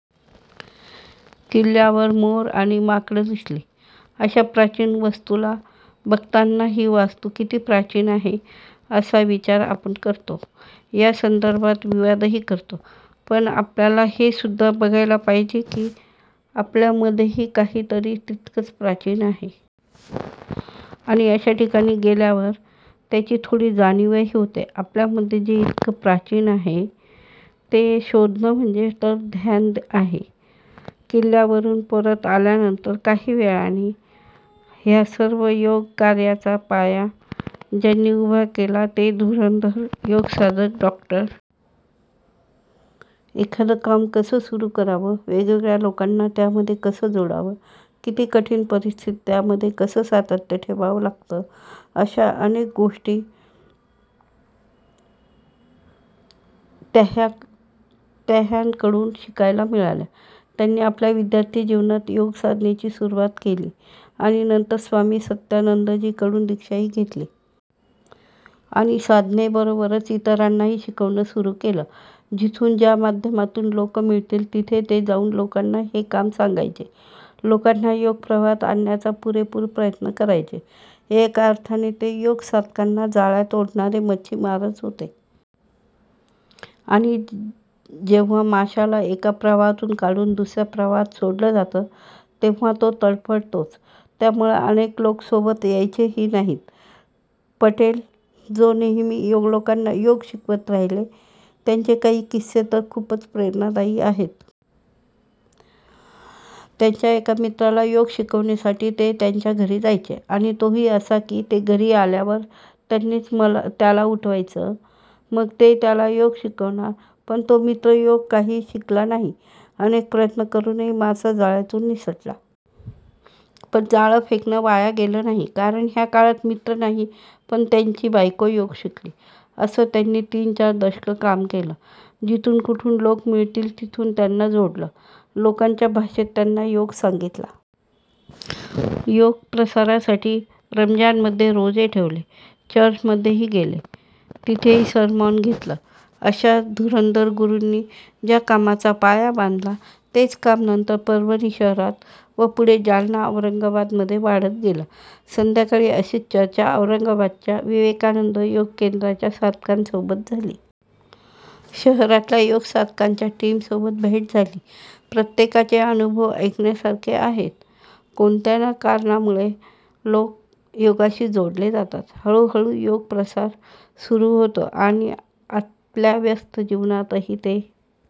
किल्ल्यावर मोर आणि माकडं दिसली. अशा प्राचीन वास्तूला बघताना ही वास्तू किती प्राचीन आहे, असा विचार आपण करतो; त्यासंदर्भात विवादही करतो. पण आपल्याला हेसुद्धा बघायला पाहिजे की, आपल्यामध्येही काही तरी तितकंच प्राचीन आहे. आणि अशा ठिकाणी गेल्यावर त्याची थोडी जाणीवही होते. आपल्यामध्ये जे इतकं प्राचीन आहे, ते शोधणं म्हणजेच तर ध्यान आहे! किल्ल्यावरून परत आल्यानंतर काही वेळाने ह्या सर्व योग कार्याचा पाया ज्यांनी उभा केला ते धुरंधर योग साधक डॉ. एखादं काम कसं सुरू करावं, वेगवेगळ्या लोकांना त्यामध्ये कसं जोडावं, किती कठीण परिस्थितीत त्यामध्ये कसं सातत्य ठेवावं लागतं, अशा अनेक गोष्टी त्यांह्याकडून शिकायला मिळाल्या. त्यांनी आपल्या विद्यार्थी जीवनात योग साधनेची सुरुवात केली आणि नंतर स्वामी सत्यानंदजींकडून दीक्षाही घेतली. आणि साधनेबरोबरच इतरांनाही शिकवणं सुरू केलं. जिथून, ज्या माध्यमातून लोक मिळतील, तिथे ते जाऊन लोकांना हे काम सांगायचे, लोकांना योग- प्रवाहात आणण्याचा पुरेपूर प्रयत्न करायचे. एका अर्थाने ते योग- साधकांना जाळ्यात ओढणारे मच्छीमारच होते! आणि जेव्हा माशाला एका प्रवाहातून काढून दुस-या प्रवाहात सोडलं जातं, तेव्हा तो तडफडतोच! त्यामुळे अनेक लोक सोबत यायचेही नाहीत. पटेल जी नेहमी लोकांना योग शिकवत राहिले. त्यांचे काही किस्से तर खूपच प्रेरणादायी आहेत. त्यांच्या एका मित्राला योग शिकवण्यासाठी ते त्याच्या घरी जायचे. आणि तोही असा की, ते घरी आल्यावर त्यांनीच त्याला उठवायचं. मग ते त्याला योग शिकवणार. पण तो मित्र योग काही शिकला नाही! अनेक प्रयत्न करूनही मासा जाळ्यातून निसटला. पण जाळं फेकणं वाया गेलं नाही, कारण ह्या काळात मित्र नाही, पण त्याची बायको योग शिकली! असं त्यांनी तीन- चार दशक काम केलं. जिथून कुठून लोक मिळतील, तिथून त्यांना जोडलं. लोकांच्या भाषेत त्यांना योग सांगितला. योग प्रसारासाठी रमज़ानमध्ये रोजे ठेवले, चर्चमध्येही गेले; तिथेही सरमॉन घेतलं! अशा धुरंधर गुरूंनी ज्या कामाचा पाया बांधला, तेच काम नंतर परभणी शहरात व पुढे जालना- औरंगाबादमध्ये वाढत गेलं! संध्याकाळी अशीच चर्चा औरंगाबादच्या विवेकानंद योग केंद्राच्या साधकांसोबत झाली. शहरातल्या योग साधकांच्या टीमसोबत भेट झाली. प्रत्येकाचे अनुभव ऐकण्यासारखे आहेत. कोणत्या ना कारणामुळे लोक योगाशी जोडले जातात. हळु हळु योग प्रसार सुरू होतो. आणि आपल्या व्यस्त जीवनातही ते